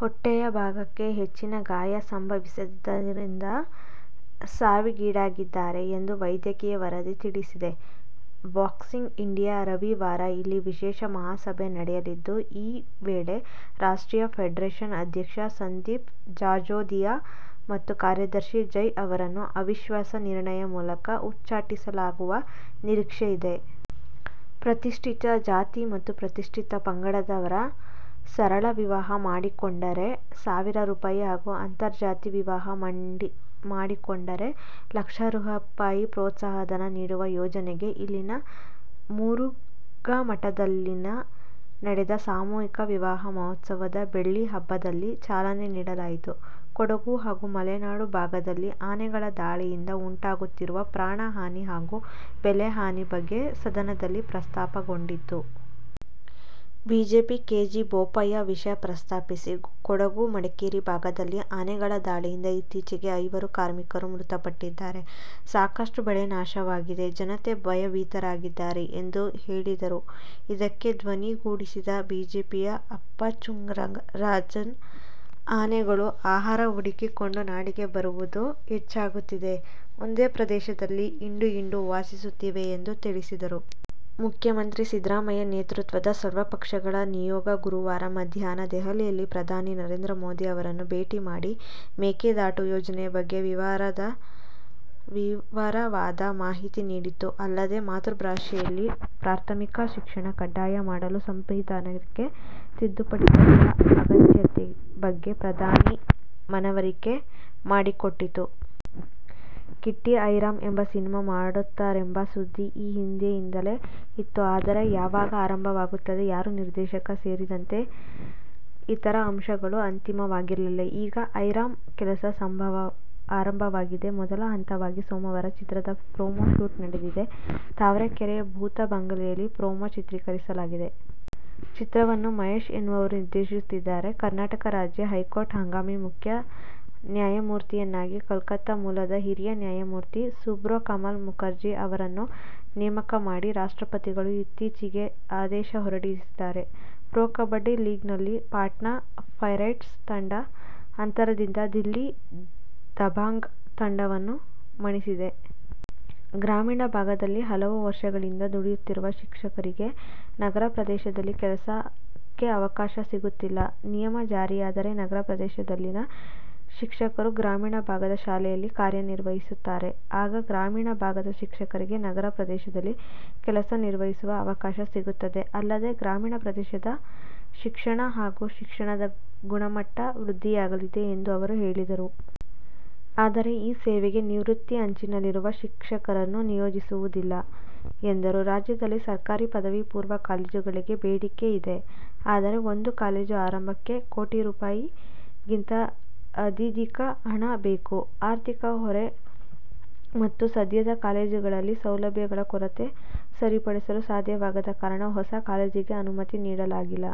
ಹೊಟ್ಟೆ ಭಾಗಕ್ಕೆ ಹೆಚ್ಚಿನ ಗಾಯ ಸಂಭವಿಸಿದ್ದರಿಂದ ಸಾವಿಗೀಡಾಗಿದ್ದಾರೆ ಎಂದು ವೈದ್ಯಕೀಯ ವರದಿ ತಿಳಿಸಿದೆ. ಬಾಕ್ಸಿಂಗ್ ಇಂಡಿಯಾ ರವಿವಾರ ಇಲ್ಲಿ ವಿಶೇಷ ಮಹಾಸಭೆ ನಡೆಸಲಿದ್ದು ಈ ವೇಳೆ ರಾಷ್ಟ್ರೀಯ ಫೆಡರೇಶನ್ ಅಧ್ಯಕ್ಷ ಸಂದೀಪ್ ಜಜೋದಿಯ ಮತ್ತು ಕಾರ್ಯದರ್ಶಿ ಜಯ್ ಅವರನ್ನು ಅವಿಶ್ವಾಸ ನಿರ್ಣಯ ಮೂಲಕ ಉಚ್ಚಾಟಿಸಲಾಗುವ ನಿರೀಕ್ಷೆಯಿದೆ. ಪರಿಶಿಷ್ಟ ಜಾತಿ ಮತ್ತು ಪರಿಶಿಷ್ಟ ಪಂಗಡದವರು ಸರಳ ವಿವಾಹ ಮಾಡಿಕೊಂಡರೆ ಸಾವಿರ ರೂ. ಹಾಗೂ ಅಂತರ್ಜಾತಿ ವಿವಾಹ ಮಾಡಿಕೊಂಡರೆ ಲಕ್ಷ ರೂ. ಪ್ರೋತ್ಸಾಹಧನ ನೀಡುವ ಯೋಜನೆಗೆ ಇಲ್ಲಿನ ಮುರುಘಾಮಠದಲ್ಲಿ ನಡೆದ ಸಾಮೂಹಿಕ ವಿವಾಹ ಮಹೋತ್ಸವದ ಬೆಳ್ಳಿಹಬ್ಬದಲ್ಲಿ ಚಾಲನೆ ನೀಡಲಾಯಿತು. ಕೊಡಗು ಹಾಗೂ ಮಲೆನಾಡು ಭಾಗದಲ್ಲಿ ಆನೆಗಳ ದಾಳಿಯಿಂದ ಉಂಟಾಗುತ್ತಿರುವ ಪ್ರಾಣ ಹಾನಿ ಹಾಗೂ ಬೆಳೆ ಹಾನಿ ಬಗ್ಗೆ ಸದನದಲ್ಲಿ ಪ್ರಸ್ತಾಪಗೊಂಡಿತು. ಬಿಜೆಪಿಯ ಕೆ. ಜೆ. ಬೋಪಯ್ಯ ವಿಷಯ ಪ್ರಸ್ತಾಪಿಸಿ, ಕೊಡಗು-ಮಡಿಕೇರಿ ಭಾಗದಲ್ಲಿ ಆನೆಗಳ ದಾಳಿಯಿಂದ ಇತ್ತೀಚೆಗೆ ಐವರು ಕಾರ್ಮಿಕರು ಮೃತ ಪಟ್ಟಿದ್ದಾರೆ. ಸಾಕಷ್ಟು ಬೆಳೆ ನಾಶವಾಗಿದೆ. ಜನತೆ ಭಯಭೀತರಾಗಿದ್ದಾರೆ ಎಂದು ಹೇಳಿದರು. ಇದಕ್ಕೆ ಧ್ವನಿಗೂಡಿಸಿದ ಬಿಜೆಪಿಯ ಅಪ್ಪಚ್ಚುರಂಜನ್, ಆನೆಗಳು ಆಹಾರ ಹುಡುಕಿಕೊಂಡು ನಾಡಿಗೆ ಬರುವುದು ಹೆಚ್ಚಾಗುತ್ತಿದೆ. ಒಂದೇ ಪ್ರದೇಶದಲ್ಲಿ ಹಿಂಡು ಹಿಂಡು ವಾಸಿಸುತ್ತಿವೆ ಎಂದು ತಿಳಿಸಿದರು. ಮುಖ್ಯಮಂತ್ರಿ ಸಿದ್ಧರಾಮಯ್ಯ ನೇತೃತ್ವದ ಸರ್ವಪಕ್ಷಗಳ ನಿಯೋಗ ಗುರುವಾರ ಮಧ್ಯಾಹ್ನ ದೆಹಲಿಯಲ್ಲಿ ಪ್ರಧಾನಿ ನರೇಂದ್ರ ಮೋದಿ ಅವರನ್ನು ಭೇಟಿ ಮಾಡಿ ಮೇಕೆದಾಟು ಯೋಜನೆಯ ಬಗ್ಗೆ ವಿವರವಾದ ಮಾಹಿತಿ ನೀಡಿತು. ಅಲ್ಲದೆ, ಮಾತೃಭಾಷೆಯಲ್ಲೇ ಪ್ರಾಥಮಿಕ ಶಿಕ್ಷಣ ಕಡ್ಡಾಯ ಮಾಡಲು ಸಂವಿಧಾನಕ್ಕೆ ತಿದ್ದುಪಡಿ ತರುವ ಅಗತ್ಯತೆ ಬಗ್ಗೆ ಪ್ರಧಾನಿಗೆ ಮನವರಿಕೆ ಮಾಡಿಕೊಟ್ಟಿತು. ಕಿಟ್ಟಿ "ಏ ರಾಮ್' ಎಂಬ ಸಿನಿಮಾ ಮಾಡುತ್ತಾರೆಂಬ ಸುದ್ದಿ ಈ ಹಿಂದಿನಿಂದಲೇ ಇತ್ತು. ಆದರೆ, ಯಾವಾಗ ಆರಂಭವಾಗುತ್ತದೆ, ಯಾರು ನಿರ್ದೇಶಕ ಸೇರಿದಂತೆ ಇತರ ಅಂಶಗಳು ಅಂತಿಮವಾಗಿರಲಿಲ್ಲ. ಈಗ "ಏ ರಾಮ್' ಕೆಲಸ ಆರಂಭವಾಗಿದೆ. ಮೊದಲ ಹಂತವಾಗಿ ಸೋಮವಾರ ಚಿತ್ರದ ಪ್ರೊಮೋ ಶೂಟ್ ನಡೆದಿದೆ. ತಾವರೆಕೆರೆಯ ಭೂತ ಬಂಗಲೆಯಲ್ಲಿ ಪ್ರೊಮೋ ಚಿತ್ರೀಕರಿಸಲಾಗಿದೆ. ಚಿತ್ರವನ್ನು ಮಹೇಶ್ ಎನ್ನುವವರು ನಿರ್ದೇಶಿಸುತ್ತಿದ್ದಾರೆ. ಕರ್ನಾಟಕ ರಾಜ್ಯ ಹೈಕೋರ್ಟ್ಗೆ ಹಂಗಾಮಿ ಮುಖ್ಯ ನ್ಯಾಯಮೂರ್ತಿಯನ್ನಾಗಿ ಕೋಲ್ಕತ್ತಾ ಮೂಲದ ಹಿರಿಯ ನ್ಯಾಯಮೂರ್ತಿ ಸುಬ್ರೋ ಕಮಲ್ ಮುಖರ್ಜಿ ಅವರನ್ನು ನೇಮಕ ಮಾಡಿ ರಾಷ್ಟ್ರಪತಿಗಳು ಇತ್ತೀಚೆಗೆ ಆದೇಶ ಹೊರಡಿಸಿದ್ದಾರೆ. ಪ್ರೊ ಕಬಡ್ಡಿ ಲೀಗ್ನಲ್ಲಿ ಪಾಟ್ನಾ ಪೈರೇಟ್ಸ್ ತಂಡ ಅಂತರದಿಂದ ದಿಲ್ಲಿ ದಬಾಂಗ್ ತಂಡವನ್ನು ಮಣಿಸಿದೆ. ಗ್ರಾಮೀಣ ಭಾಗದಲ್ಲಿ ಹಲವು ವರ್ಷಗಳಿಂದ ದುಡಿಯುತ್ತಿರುವ ಶಿಕ್ಷಕರಿಗೆ ನಗರ ಪ್ರದೇಶದಲ್ಲಿ ಕೆಲಸಕ್ಕೆ ಅವಕಾಶ ಸಿಗುತ್ತಿಲ್ಲ. ನಿಯಮ ಜಾರಿಯಾದರೆ ನಗರ ಪ್ರದೇಶದಲ್ಲಿನ ಶಿಕ್ಷಕರು ಗ್ರಾಮೀಣ ಭಾಗದ ಶಾಲೆಯಲ್ಲಿ ಕಾರ್ಯ ನಿರ್ವಹಿಸುತ್ತಾರೆ. ಆಗ ಗ್ರಾಮೀಣ ಭಾಗದ ಶಿಕ್ಷಕರಿಗೆ ನಗರ ಪ್ರದೇಶದಲ್ಲಿ ಕೆಲಸ ನಿರ್ವಹಿಸುವ ಅವಕಾಶ ಸಿಗುತ್ತದೆ. ಅಲ್ಲದೆ, ಗ್ರಾಮೀಣ ಪ್ರದೇಶದ ಶಿಕ್ಷಣ ಹಾಗೂ ಶಿಕ್ಷಣದ ಗುಣಮಟ್ಟ ವೃದ್ಧಿಯಾಗಲಿದೆ ಎಂದು ಅವರು ಹೇಳಿದರು. ಆದರೆ, ಈ ಸೇವೆಗೆ ನಿವೃತ್ತಿ ಅಂಚಿನಲ್ಲಿರುವ ಶಿಕ್ಷಕರನ್ನು ನಿಯೋಜಿಸುವುದಿಲ್ಲ ಎಂದರು. ರಾಜ್ಯದಲ್ಲಿ ಸರ್ಕಾರಿ ಪದವಿ ಪೂರ್ವ ಕಾಲೇಜುಗಳಿಗೆ ಬೇಡಿಕೆ ಇದೆ. ಆದರೆ, ಒಂದು ಕಾಲೇಜು ಆರಂಭಕ್ಕೆ ಕೋಟಿ ರೂ. ಗಿಂತ ಅಧಿಧಿಕ ಹಣ ಬೇಕು. ಆರ್ಥಿಕ ಹೊರೆ ಮತ್ತು ಸದ್ಯದ ಕಾಲೇಜುಗಳಲ್ಲಿ ಸೌಲಭ್ಯಗಳ ಕೊರತೆ ಸರಿಪಡಿಸಲು ಸಾಧ್ಯವಾಗದ ಕಾರಣ ಹೊಸ ಕಾಲೇಜಿಗೆ ಅನುಮತಿ ನೀಡಲಾಗಿಲ್ಲ.